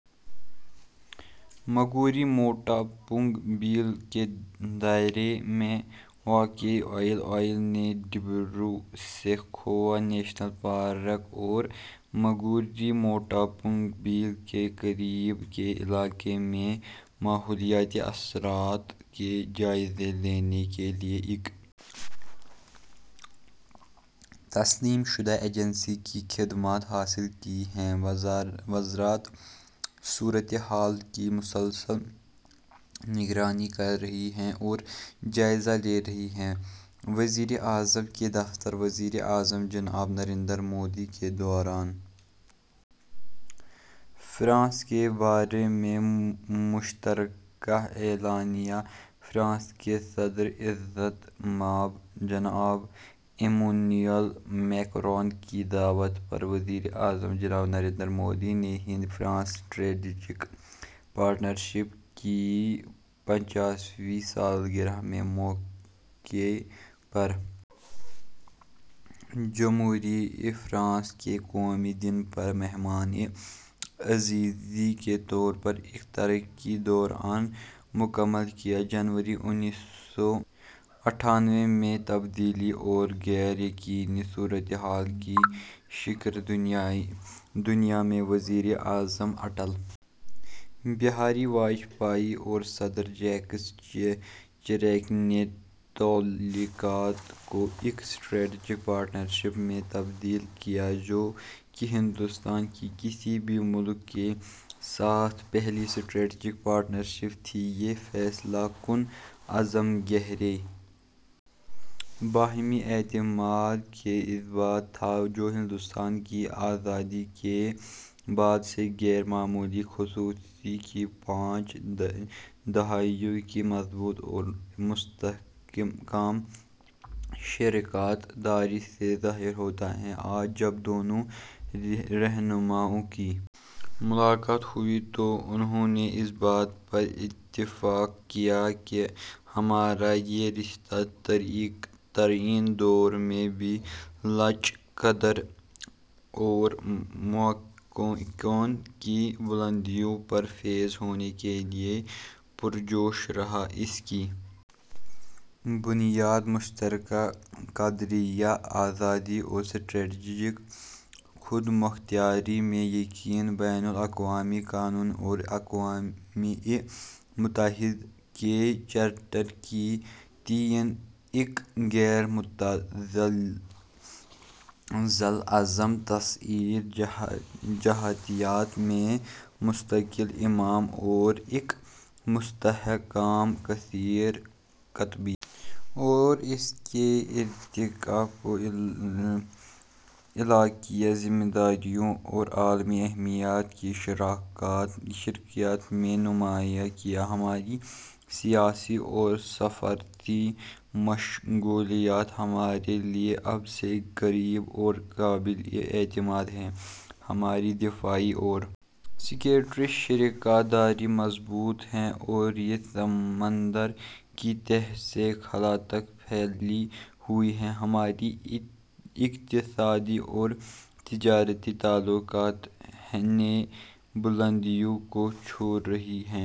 ماگوری موٹاپنگ بیل کے دائرے میں واقع ہے او آئی ایل نے ڈبرو سیکھووا نیشنل پارک اور ماگوری موٹاپنگ بیل کے قریب کے علاقے میں ماحولیاتی اثرات کا جائزہ لینے کے لیے ایک تسلیم شدہ ایجنسی کی خدمات حاصل کی ہیں وزارت صورت حال کی مسلسل نگرانی کر رہی ہے اور جائزہ لے رہی ہے وزیر اعظم کا دفتر وزیر اعظم جناب نریندر مودی کے دورہ فرانس کے بارے میں مشترکہ اعلامیہ فرانس کے صدر عزت مآب جناب ایمانوئل میکروں کی دعوت پر وزیر اعظم جناب نریندر مودی نے ہند فرانس اسٹریٹجک پارٹنرشپ کی پچیسویں سالگرہ کے موقع پر جمہوریہ فرانس کے قومی دن پر مہمان اعزازی کے طور پر ایک تاریخی دورہ مکمل کیا جنوری انیس سو اٹھانوے میں تبدیلی اور غیر یقینی صورتحال کی شکار دنیا میں وزیر اعظم اٹل بہاری واجپئی اور صدر جیک شیراک نے تعلقات کو ایک اسٹریٹجک پارٹنرشپ میں تبدیل کیا جو کہ ہندوستان کی کسی بھی ملک کے ساتھ پہلی اسٹریٹجک پارٹنرشپ تھی یہ فیصلہ کن عزم گہرے باہمی اعتماد کا اثبات تھا جو ہندوستان کی آزادی کے بعد سے غیر معمولی کوششوں کی پانچ دہائیوں کی مضبوط اور مستحکم شراکت داری سے ظاہر ہوتا ہے آج جب دونوں رہنماؤں کی ملاقات ہوئی تو انہوں نے اس بات پر اتفاق کیا کہ ہمارا یہ رشتہ تاریک ترین دور میں بھی لچکدار اور مواقع کی بلندیوں پر فائز ہونے کے لیے پرجوش رہا اس کی بنیاد مشترکہ اقدار آزادی اور اسٹریٹجک خودمختاری میں یقین بین الاقوامی قانون اور اقوام متحدہ کے چارٹر کے تئیں ایک غیر متزلزل عزم کثیر جہتیت میں مستقل ایمان اور ایک مستحکم کثیر قطبی اور اس کے ارتقا کو علاقائی ذمہ داریوں اور عالمی اہمیت کی شراکت میں نمایاں کیا ہماری سیاسی اور سفارتی مصروفیات ہمارے لیے سب سے قریب اور قابل اعتماد ہیں ہماری دفاعی اور سیکورٹی شراکت داری مضبوط ہے اور یہ سمندر کی تہہ سے خلا تک پھیلی ہوئی ہے ہمارے اقتصادی اور تجارتی تعلقات نئی بلندیوں کو چھو رہے ہیں